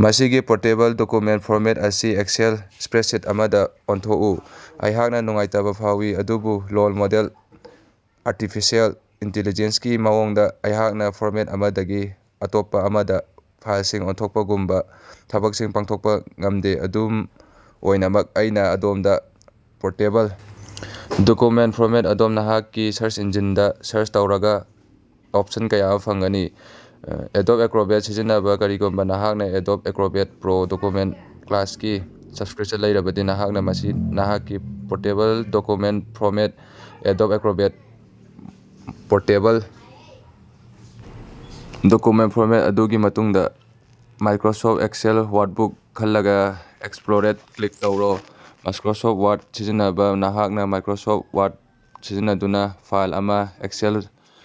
ꯃꯁꯤꯒꯤ portable document format ꯑꯁꯤ Excel spreadsheet ꯑꯃꯗꯥ ꯑꯣꯟꯊꯣꯛꯎ꯫ ꯑꯩꯍꯥꯛꯅꯥ ꯅꯨꯡꯉꯥꯏꯇꯕꯥ ꯐꯥꯎꯏ ꯑꯗꯨꯕꯨ ꯂꯣꯜ ꯃꯣꯗꯦꯜ ꯑꯥꯔꯇꯤꯐꯤꯁꯤꯌꯦꯜ ꯏꯟꯇꯤꯂꯤꯖꯦꯟꯁꯀꯤ ꯃꯑꯣꯡꯗꯥ ꯑꯩꯍꯥꯛꯅꯥ ꯐꯣꯔꯃꯦꯠ ꯑꯃꯗꯒꯤ ꯑꯇꯣꯞꯄꯥ ꯑꯃꯗꯥ ꯐꯥꯏꯂꯁꯤꯡ ꯑꯣꯟꯊꯣꯛꯄꯒꯨꯝꯕꯥ ꯊꯕꯛꯁꯤꯡ ꯄꯥꯡꯊꯣꯛꯄꯥ ꯉꯝꯗꯦ꯫ ꯑꯗꯨꯝ ꯑꯣꯏꯅꯃꯛ ꯑꯩꯅꯥ ꯑꯗꯣꯝꯗꯥ ꯄꯣꯔꯇꯦꯕꯜ ꯗꯣꯀꯨꯃꯦꯟꯠ ꯐꯣꯔꯃꯦꯠ ꯑꯗꯣꯝ ꯅꯍꯥꯛꯀꯤ ꯁꯥꯔꯆ ꯏꯟꯖꯤꯅꯗꯥ ꯁꯥꯔꯆ ꯇꯧꯔꯒꯥ ꯑꯣꯞꯁꯟ ꯀꯌꯥ ꯑꯃꯥ ꯐꯪꯒꯅꯤ꯫ ꯑꯦꯗꯣꯕ ꯑꯦꯀ꯭ꯔꯣꯕꯦꯠ ꯁꯤꯖꯤꯟꯅꯕꯥ ꯀꯔꯤꯒꯨꯃꯕꯥ ꯅꯍꯥꯛꯅꯥ ꯑꯦꯗꯣꯕ ꯑꯦꯀ꯭ꯔꯣꯕꯦꯠ ꯄ꯭ꯔꯣ ꯗꯣꯀꯨꯃꯦꯟꯠ ꯀ꯭ꯂꯥꯎꯗꯀꯤ ꯁꯕꯁꯀ꯭ꯔꯤꯄꯁꯟ ꯂꯩꯔꯕꯗꯤ ꯅꯍꯥꯛꯅꯥ ꯃꯁꯤ ꯅꯍꯥꯛꯀꯤ ꯄꯣꯔꯇꯦꯕꯜ ꯗꯣꯀꯨꯃꯦꯟꯠ ꯐꯣꯔꯃꯦꯠ ꯑꯦꯗꯣꯕ ꯑꯦꯀ꯭ꯔꯣꯕꯦꯠꯇꯥ ꯄꯣꯔꯇꯦꯕꯜ ꯗꯣꯀꯨꯃꯦꯟꯠ ꯐꯣꯔꯃꯦꯠ ꯃꯗꯨꯒꯤ ꯃꯇꯨꯡꯗꯥ ꯃꯥꯏꯀ꯭ꯔꯣꯁꯣꯐꯠ ꯑꯦꯛꯁꯦꯜ ꯋꯥꯔꯀꯕꯨꯛ ꯈꯜꯂꯒꯥ ꯑꯦꯛꯁꯄꯣꯔꯠ ꯀ꯭ꯂꯤꯛ ꯇꯧꯔꯣ꯫ ꯃꯥꯏꯀ꯭ꯔꯣꯁꯣꯐꯠ ꯋꯥꯔꯗ ꯁꯤꯖꯤꯟꯅꯕꯥ ꯅꯍꯥꯛꯅꯥ ꯃꯥꯏꯀ꯭ꯔꯣꯁꯣꯐꯠ ꯋꯥꯔꯗ ꯁꯤꯖꯤꯟꯅꯗꯨꯅꯥ ꯐꯥꯏꯜ ꯑꯃꯥ ꯑꯦꯛꯁꯦꯜ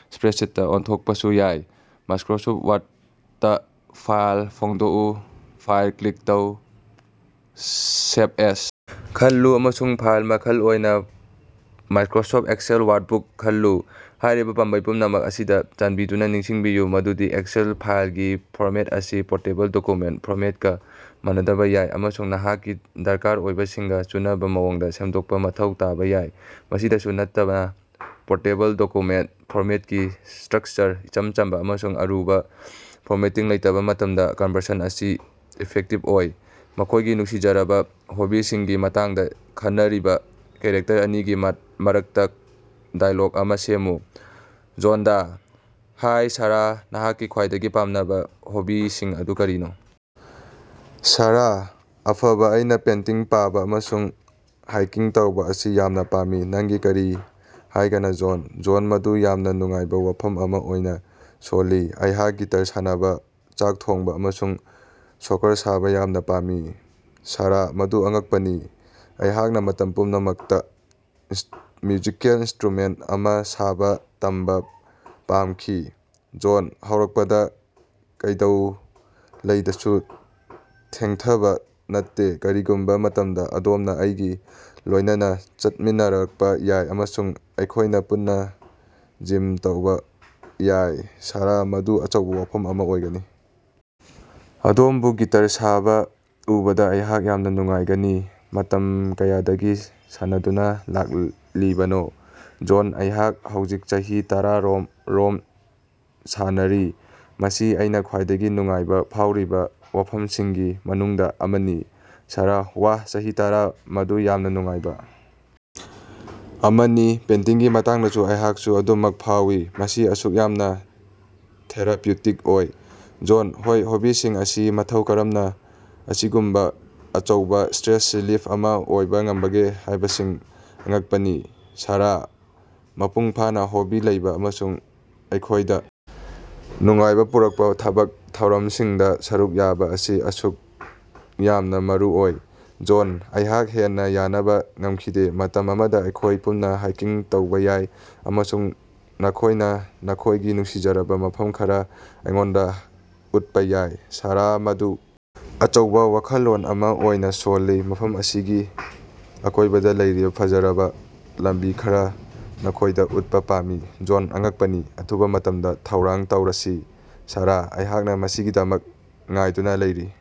ꯁ꯭ꯄꯔꯦꯗꯁꯤꯠꯇꯥ ꯑꯣꯟꯊꯣꯛꯄꯁꯨ ꯌꯥꯏ꯫ ꯃꯥꯏꯀ꯭ꯔꯣꯁꯣꯐꯠ ꯋꯥꯔꯗꯇꯥ ꯐꯥꯏꯜ ꯍꯥꯡꯗꯣꯛꯎ ꯐꯥꯏꯜ ꯀ꯭ꯂꯤꯛ ꯇꯧ ꯁꯦꯚ ꯑꯦꯖ ꯈꯜꯂꯨ ꯑꯃꯁꯨꯡ ꯐꯥꯏꯜ ꯃꯈꯜ ꯑꯣꯏꯅꯥ "ꯃꯥꯏꯀ꯭ꯔꯣꯁꯣꯐꯠ ꯑꯦꯛꯁꯦꯜ ꯋꯥꯔꯀꯕꯨꯛ ꯈꯜꯂꯨ꯫ ꯍꯥꯏꯔꯤꯕꯥ ꯄꯥꯝꯕꯩ ꯄꯨꯝꯅꯃꯛ ꯑꯁꯤꯗꯥ ꯆꯥꯟꯕꯤꯗꯨꯅꯥ ꯅꯤꯡꯁꯤꯡꯕꯤꯌꯨ ꯃꯗꯨꯗꯤ ꯑꯦꯛꯁꯦꯜ ꯐꯥꯏꯂꯒꯤ ꯐꯣꯔꯃꯦꯠ ꯑꯁꯤ ꯄꯣꯔꯇꯦꯕꯜ ꯗꯣꯀꯨꯃꯦꯟꯠ ꯐꯣꯔꯃꯦꯠꯀꯥ ꯃꯥꯟꯅꯗꯕꯥ ꯌꯥꯏ ꯑꯃꯁꯨꯡ ꯅꯍꯥꯛꯀꯤ ꯗꯔꯀꯥꯔ ꯑꯣꯏꯕꯁꯤꯡꯒꯥ ꯆꯨꯅꯕꯥ ꯃꯑꯣꯡꯗꯥ ꯁꯦꯝꯗꯣꯛꯄꯥ ꯃꯊꯧ ꯇꯥꯕꯥ ꯌꯥꯏ꯫ ꯃꯁꯤꯗꯁꯨ ꯅꯠꯇꯅꯥ ꯄꯣꯔꯇꯦꯕꯜ ꯗꯣꯀꯨꯃꯦꯟꯠ ꯐꯣꯔꯃꯦꯠꯀꯤ ꯁ꯭ꯇꯔꯛꯆꯔꯗꯥ ꯏꯆꯝ ꯆꯝꯕꯥ ꯑꯃꯁꯨꯡ ꯑꯔꯨꯕꯥ ꯐꯣꯔꯃꯦꯇꯤꯡ ꯂꯩꯇꯕꯥ ꯃꯇꯝꯗꯥ ꯀꯟꯕꯔꯁꯟ ꯑꯁꯤ ꯏꯐꯦꯛꯇꯤꯕ ꯑꯣꯏ꯫ ꯃꯈꯣꯏꯒꯤ ꯅꯨꯡꯁꯤꯖꯔꯕꯥ ꯍꯣꯕꯤꯁꯤꯡꯒꯤ ꯃꯇꯥꯡꯗꯥ ꯈꯟꯅꯔꯤꯕꯥ ꯀꯦꯔꯦꯛꯇꯔ ꯑꯅꯤꯒꯤ ꯃꯔꯛꯇꯥ ꯗꯥꯏꯂꯣꯒ ꯑꯃꯥ ꯁꯦꯝꯃꯨ꯫ ꯖꯣꯟꯗꯥ: ꯍꯥꯏ ꯁꯥꯔꯥ ꯅꯍꯥꯛꯀꯤ ꯈ꯭ꯋꯥꯏꯗꯒꯤ ꯄꯥꯝꯅꯕꯥ ꯍꯣꯕꯤꯁꯤꯡ ꯑꯗꯨ ꯀꯔꯤꯅꯣ? ꯁꯥꯔꯥ: ꯑꯐꯕ ꯑꯩꯅꯥ ꯄꯦꯟꯇꯤꯡ ꯄꯥꯕꯥ ꯑꯃꯁꯨꯡ ꯍꯥꯏꯀꯤꯡ ꯇꯧꯕꯥ ꯑꯁꯤ ꯌꯥꯝꯅꯥ ꯄꯥꯝꯃꯤ꯫ ꯅꯪꯒꯤ ꯀꯔꯤ ꯍꯥꯏꯒꯅ ꯖꯣꯟ? ꯖꯣꯟ: ꯃꯗꯨ ꯌꯥꯝꯅꯥ ꯅꯨꯡꯉꯥꯏꯕꯥ ꯋꯥꯐꯝ ꯑꯃꯥ ꯑꯣꯏꯅꯥ ꯁꯣꯜꯂꯤ꯫ ꯑꯩꯍꯥꯛ ꯒꯤꯇꯔ ꯁꯥꯟꯅꯕꯥ ꯆꯥꯛ ꯊꯣꯡꯕꯥ ꯑꯃꯁꯨꯡ ꯁꯣꯀꯔ ꯁꯥꯕꯥ ꯌꯥꯝꯅꯥ ꯄꯥꯝꯃꯤ꯫ ꯁꯥꯔꯥ: ꯃꯗꯨ ꯑꯉꯛꯄꯅꯤ꯫ ꯑꯩꯍꯥꯛꯅꯥ ꯃꯇꯝ ꯄꯨꯝꯅꯃꯛꯇꯥ ꯃ꯭ꯌꯨꯖꯤꯀꯦꯜ ꯏꯟꯁꯇ꯭ꯔꯨꯃꯦꯟꯇ ꯑꯃꯥ ꯁꯥꯕꯥ ꯇꯝꯕꯥ ꯄꯥꯃꯈꯤ꯫ ꯖꯣꯟ: ꯍꯧꯔꯛꯄꯗꯥ ꯀꯩꯗꯧꯉꯩꯗꯁꯨ ꯊꯦꯡꯊꯕꯥ ꯅꯠꯇꯦ꯫ ꯀꯔꯤꯒꯨꯝꯕꯥ ꯃꯇꯝꯗꯥ ꯑꯗꯣꯝꯅꯥ ꯑꯩꯒꯥ ꯂꯣꯏꯅꯅꯥ ꯆꯠꯃꯤꯟꯅꯔꯛꯄꯥ ꯌꯥꯏ ꯑꯃꯁꯨꯡ ꯑꯩꯈꯣꯏꯅꯥ ꯄꯨꯟꯅꯥ ꯖ꯭ꯌꯥꯝ ꯇꯧꯕꯥ ꯌꯥꯏ꯫ ꯁꯥꯔꯥ: ꯃꯗꯨ ꯑꯆꯧꯕꯥ ꯋꯥꯐꯝ ꯑꯃꯥ ꯑꯣꯏꯒꯅꯤ! ꯑꯗꯣꯝꯕꯨ ꯒꯤꯇꯔ ꯁꯥꯕꯥ ꯎꯕꯗꯥ ꯑꯩꯍꯥꯛ ꯌꯥꯝꯅꯥ ꯅꯨꯡꯉꯥꯏꯒꯅꯤ꯫ ꯃꯇꯝ ꯀꯌꯥꯗꯒꯤ ꯁꯥꯟꯅꯗꯨꯅꯥ ꯂꯥꯛꯂꯤꯕꯅꯣ? ꯖꯣꯟ: ꯑꯩꯍꯥꯛ ꯍꯧꯖꯤꯛ ꯆꯍꯤ ꯇꯔꯥꯔꯣꯝ ꯔꯣꯝ ꯁꯥꯟꯅꯔꯤ꯫ ꯃꯁꯤ ꯑꯩꯅꯥ ꯈ꯭ꯋꯥꯏꯗꯒꯤ ꯅꯨꯡꯉꯥꯏꯕꯥ ꯐꯥꯎꯔꯤꯕꯥ ꯋꯥꯐꯝꯁꯤꯡꯒꯤ ꯃꯅꯨꯡꯗꯥ ꯑꯃꯅꯤ꯫ ꯁꯥꯔꯥ: ꯋꯥꯍ ꯆꯍꯤ ꯇꯔꯥ ꯃꯗꯨ ꯌꯥꯝꯅꯥ ꯅꯨꯡꯉꯥꯏꯕꯥ ꯑꯃꯅꯤ꯫ ꯄꯦꯟꯇꯤꯡꯒꯤ ꯃꯇꯥꯡꯗꯁꯨ ꯑꯩꯍꯥꯛꯁꯨ ꯑꯗꯨꯃꯛ ꯐꯥꯎꯏ꯫ ꯃꯁꯤ ꯑꯁꯨꯛ ꯌꯥꯝꯅꯥ ꯊꯦꯔꯥꯄ꯭ꯌꯨꯇꯤꯛ ꯑꯣꯏ꯫ ꯖꯣꯟ: ꯍꯣꯏ ꯍꯣꯕꯤꯁꯤꯡ ꯑꯁꯤ ꯃꯇꯧ ꯀꯔꯝꯅꯥ ꯑꯁꯤꯒꯨꯝꯕꯥ ꯑꯆꯧꯕꯥ ꯁ꯭ꯇꯔꯦꯁ ꯔꯤꯂꯤꯐ ꯑꯃꯥ ꯑꯣꯏꯕꯥ ꯉꯝꯕꯒꯦ ꯍꯥꯏꯕꯁꯤ ꯑꯉꯛꯄꯅꯤ꯫ ꯁꯥꯔꯥ: ꯃꯄꯨꯡ ꯐꯥꯅꯥ ꯍꯣꯕꯤ ꯂꯩꯕꯥ ꯑꯃꯁꯨꯡ ꯑꯩꯈꯣꯏꯗꯥ ꯅꯨꯡꯉꯥꯏꯕꯥ ꯄꯨꯔꯛꯄꯥ ꯊꯥꯕꯛ ꯊꯧꯔꯝꯁꯤꯡꯗꯥ ꯁꯔꯨꯛ ꯌꯥꯕꯥ ꯑꯁꯤ ꯑꯁꯨꯛ ꯌꯥꯝꯅꯥ ꯃꯔꯨꯑꯣꯏ꯫ ꯖꯣꯟ: ꯑꯩꯍꯥꯛ ꯍꯦꯟꯅꯥ ꯌꯥꯅꯕꯥ ꯉꯝꯈꯤꯗꯦ꯫ ꯃꯇꯝ ꯑꯃꯗꯥ ꯑꯩꯈꯣꯏ ꯄꯨꯟꯅꯥ ꯍꯥꯏꯀꯤꯡ ꯇꯧꯕꯥ ꯌꯥꯏ ꯑꯃꯁꯨꯡ ꯅꯈꯣꯏꯅꯥ ꯅꯈꯣꯏꯒꯤ ꯅꯨꯡꯁꯤꯖꯔꯕꯥ ꯃꯐꯝ ꯈꯔꯥ ꯑꯩꯉꯣꯟꯗꯥ ꯎꯠꯄꯥ ꯌꯥꯏ꯫ ꯁꯥꯔꯥ: ꯃꯗꯨ ꯑꯆꯧꯕꯥ ꯋꯥꯈꯜꯂꯣꯟ ꯑꯃꯥ ꯑꯣꯏꯅꯥ ꯁꯣꯜꯂꯤ꯫ ꯃꯐꯝ ꯑꯁꯤꯒꯤ ꯑꯀꯣꯏꯕꯗꯥ ꯂꯩꯔꯤꯕꯥ ꯐꯖꯔꯕꯥ ꯂꯝꯕꯤ ꯈꯔꯥ ꯅꯈꯣꯏꯗꯥ ꯎꯠꯄꯥ ꯄꯥꯝꯃꯤ꯫ ꯖꯣꯟ: ꯑꯉꯛꯄꯅꯤ꯫ ꯑꯊꯨꯕꯥ ꯃꯇꯝꯗꯥ ꯊꯧꯔꯥꯡ ꯇꯧꯔꯁꯤ꯫ ꯁꯥꯔꯥ: ꯑꯩꯍꯥꯛꯅꯥ ꯃꯁꯤꯒꯤꯗꯃꯛ ꯉꯥꯏꯗꯨꯅꯥ ꯂꯩꯔꯤ꯫